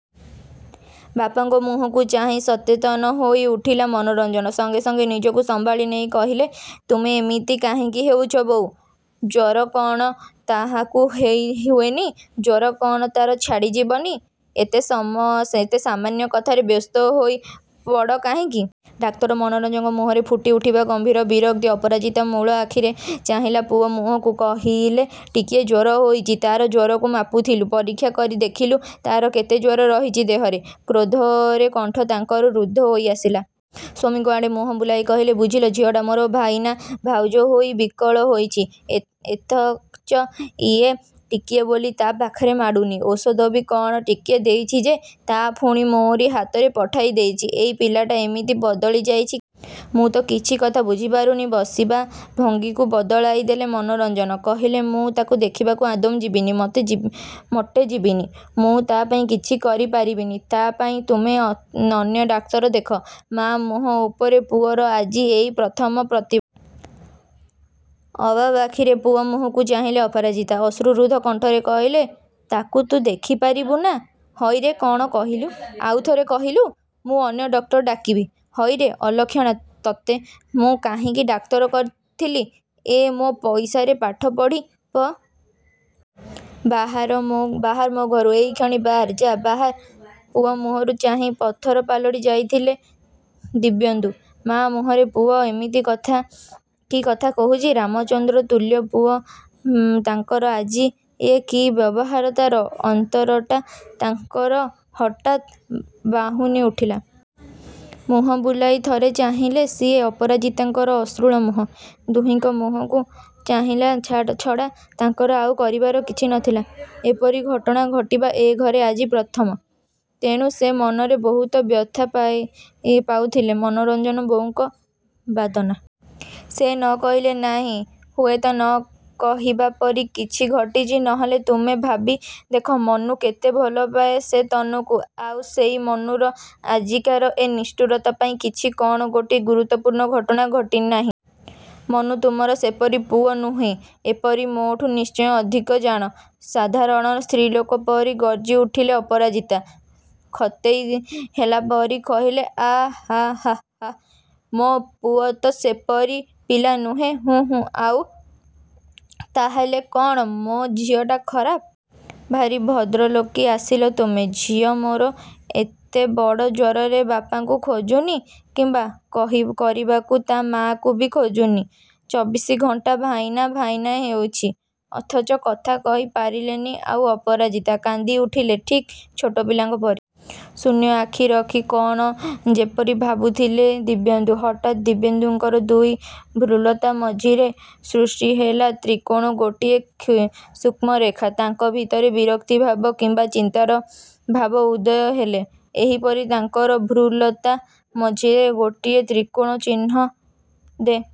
ବାପାଙ୍କ ମୁହଁକୁ ଚାହିଁ ସଚେତନ ହୋଇ ଉଠିଲା ମନୋରଞ୍ଜନ। ସାଙ୍ଗେ ସାଙ୍ଗେ ନିଜକୁ ସମ୍ଭାଳି ନେଇ କହିଲେ ତୁମେ ଏମିତି କାହିଁକି ହୋଇଛ ବୋଉ? ଜ୍ୱର କ'ଣ କାହାକୁ ହୁଏନି? ଜ୍ୱର କ'ଣ ତା'ର ଛାଡ଼ି ଯିବନି। ଏତେ ସାମାନ୍ୟ କଥାରେ ବ୍ୟସ୍ତ ହୋଇ ପଡ଼ କାହିଁକି? ଡାକ୍ତର ମନୋରଞ୍ଜନଙ୍କ ମୁହଁରେ ଫୁଟି ଉଠିଲା ଗମ୍ଭୀର ବିରକ୍ତି। ଅପରାଜିତା ମୂକ ଆଖିରେ ଚାହିଁଲେ ପୁଅର ମୁହଁକୁ। କହିଲେ ଟିକିଏ ଜ୍ୱର ହୋଇଛି? ତା'ର। ଜ୍ୱର ତୁ ମାପିଥିଲୁ? ପରୀକ୍ଷା କରି ଦେଖିଥିଲୁ ତା'ର କେତେ ଜ୍ୱର ରହୁଛି ଦେହରେ। କ୍ରୋଧରେ କଣ୍ଠ ତାଙ୍କର ରୁଦ୍ଧ ହୋଇ ଆସିଲା। ସ୍ୱାମୀଙ୍କ ଆଡ଼େ ମୁହଁ ବୁଲାଇ କହିଲେ ବୁଝିଲ! ଝିଅଟା ମୋର ଭାଇନା, ଭାଉଜ ହୋଇ ବିକଳ ହେଉଛି, ଅଥଚ ଇଏ ଟିକିଏ ବୋଲି ତା' ପାଖ ମାଡ଼ୁନି। ଔଷଧ ବି କ'ଣ ଟିକିଏ ଦେଉଛି ଯେ ତା' ପୁଣି ମୋରି ହାତରେ ପଠାଇ ଦେଇଛି। ଏଇ ପିଲାଟା ଏମିତି ବଦଳି ଯାଇଛି କାହିଁକି? ମୁଁ ତ କିଛି କଥା ବୁଝି ପାରୁନି! ବସିବା ଭଙ୍ଗୀକୁ ବଦଳାଇ ଦେଲେ ମନୋରଞ୍ଜନ, କହିଲେ ମୁଁ ତାକୁ ଦେଖିବାକୁ ଆଦୌ ଯିବିନି, ମୋଟେ ଯିବିନି। ମୁଁ ତା' ପାଇଁ କିଛି କରି ପାରିବିନି। ତା' ପାଇଁ ତୁମେ ଅନ୍ୟ ଡାକ୍ତର ଦେଖ। ମାଆ ମୁହଁ ଉପରେ ପୁଅର ଆଜି ଏଇ ପ୍ରଥମ ପ୍ରତିବାଦ। ଅବାକ୍ ଆଖିରେ ପୁଅର ମୁହଁକୁ ଚାହିଁଲେ ଅପରାଜିତା। ଅଶ୍ରୁରୁଦ୍ଧ କଣ୍ଠରେ କହିଲେ ତାକୁ ତୁ ଦେଖି ପାରିବୁନି ନା, ହଇରେ କ'ଣ କହିଲୁ, ଆଉ ଥରେ କହିଲୁ। ମୁଁ ଅନ୍ୟ ଡାକ୍ତର ଡାକିବି। ହଇରେ ଅଲକ୍ଷଣା, ତତେ ମୁଁ କାହିଁକି ଡାକ୍ତର କରିଥିଲି। ଏଁ ମୋ ପଇସାରେ ପାଠ ପଢ଼ି, ପଇସା ଖାଇ ମଣିଷ ହୋଇଗଲୁ ବୋଲି, ଆଜି ମୋ ମୁହଁରେ କଥା କହୁଛୁ ନା? ବାହାର ମୋ ଘରୁ, ଏହିକ୍ଷଣି ବାହାରି ଯା। ବାହାର, ପୁଅ ମୁହଁକୁ ଚାହିଁ ପଥର ପାଲଟି ଯାଇଥିଲେ ଦିବ୍ୟେନ୍ଦୁ। ମାଆ ମୁହଁରେ ପୁଅ ଏମିତି କି କଥା କହୁଛି! ରାମଚନ୍ଦ୍ର ତୁଲ୍ୟ ପୁଅ ତାଙ୍କର ଆଜି ଏ କି ବ୍ୟବହାର ତା'ର! ଅନ୍ତରଟା ତାଙ୍କର ହଠାତ୍ ବାହୁନି ଉଠିଲା। ମୁହଁ ବୁଲାଇ ଥରେ ଚାହିଁଲେ ସିଏ, ଅପରାଜିତାଙ୍କ ଅଶ୍ରୁଳ ମୁହଁ। ଦୁହିଁଙ୍କ ମୁହଁକୁ ଚାହିଁବା ଛଡ଼ା ତାଙ୍କର ଆଉ କରିବାର କିଛି ନଥିଲା। ଏପରି ଘଟଣା ଘଟିବା ଏ ଘରେ ଆଜି ପ୍ରଥମ। ତେଣୁ ସେ ମନରେ ବହୁତ ବ୍ୟଥା ପାଉଥିଲେ। ମନୋରଞ୍ଜନ ବୋଉଙ୍କର ବାଦନାୟୀତ ମୁହଁକୁ ଚାହିଁଲେ। ସେ ନ କହିଲେ ନାହିଁ। ହୁଏତ ନ କହିବା ପରି କିଛି ଘଟିଛି ନହେଲେ ତୁମେ ଭାବି ଦେଖ ମନୁ କେତେ ଭଲ ପାଏ ସେଇ ତନୁକୁ। ଆଉ ସେଇ ମନୁର ଆଜିକାର ଏଇ ନିଷ୍ଠୁରତା ପାଇଁ କିଛି କ'ଣ ଗୋଟାଏ ଗୁରୁତ୍ୱପୂର୍ଣ୍ଣ ଘଟଣା ଘଟି ନାହିଁ! ମନୁ ତୁମର ସେପରି ପୁଅ ନୁହେଁ, ଏକଥା ମୋଠୁ ନିଶ୍ଚୟ ଅଧିକ ଜାଣ। ସାଧାରଣ ସ୍ତ୍ରୀଲୋକ ପରି ଗର୍ଜି ଉଠିଲେ ଅପରାଜିତା। ଖତେଇ ହେଲା ପରି କହିଲେ ଆହା ହା ହା, ମୋ ପୁଅ ତ ସେପରି ପିଲା ନୁହେଁ। ହୁଁ ହୁଁ ଆଉ, ତାହେଲେ କ'ଣ ମୋ ଝିଅଟା ଖରାପ? ଭାରି ଭଦ୍ରଲୋକି ଆସିଲ ତୁମେ। ଝିଅ ମୋର ଏଡ଼େ ବଡ଼ ଜ୍ୱରରେ ବାପାକୁ ଖୋଜୁନି, କିମ୍ବା କରିବାକୁ ତା' ମାଆକୁ ବି ଖୋଜୁନି। ଚବିଶ ଘଣ୍ଟା ଭାଇନା, ଭାଇନା ହେଉଛି। ଅଥଚ କଥା କହି ପାରିଲେନି ଆଉ ଅପରାଜିତା। କାନ୍ଦି ଉଠିଲେ ଠିକ୍ ଛୋଟ ପିଲାଙ୍କ ପରି। ଶୂନ୍ୟରେ ଆଖି ରଖି କ'ଣ ଯେପରି ଭାବୁଥିଲେ ଦିବ୍ୟେନ୍ଦୁ। ହଠାତ୍ ଦିବ୍ୟେନ୍ଦୁଙ୍କର ଦୁଇ ଭ୍ରୂଲତା ମଝିରେ ସୃଷ୍ଟି ହେଲା ତ୍ରିକୋଣ ଗୋଟିଏ ସୂକ୍ଷ୍ମରେଖା। ତାଙ୍କ ଭିତରେ ବିରକ୍ତିଭାବ କିମ୍ବା ଚିନ୍ତାର ଭାବ ଉଦୟ ହେଲେ ଏହିପରି ତାଙ୍କର ଭ୍ରୂଲତା ମଝିରେ ଗୋଟାଏ ତ୍ରିକୋଣ ଚିହ୍ନ ଦେଖିବାକୁ ମିଳେ।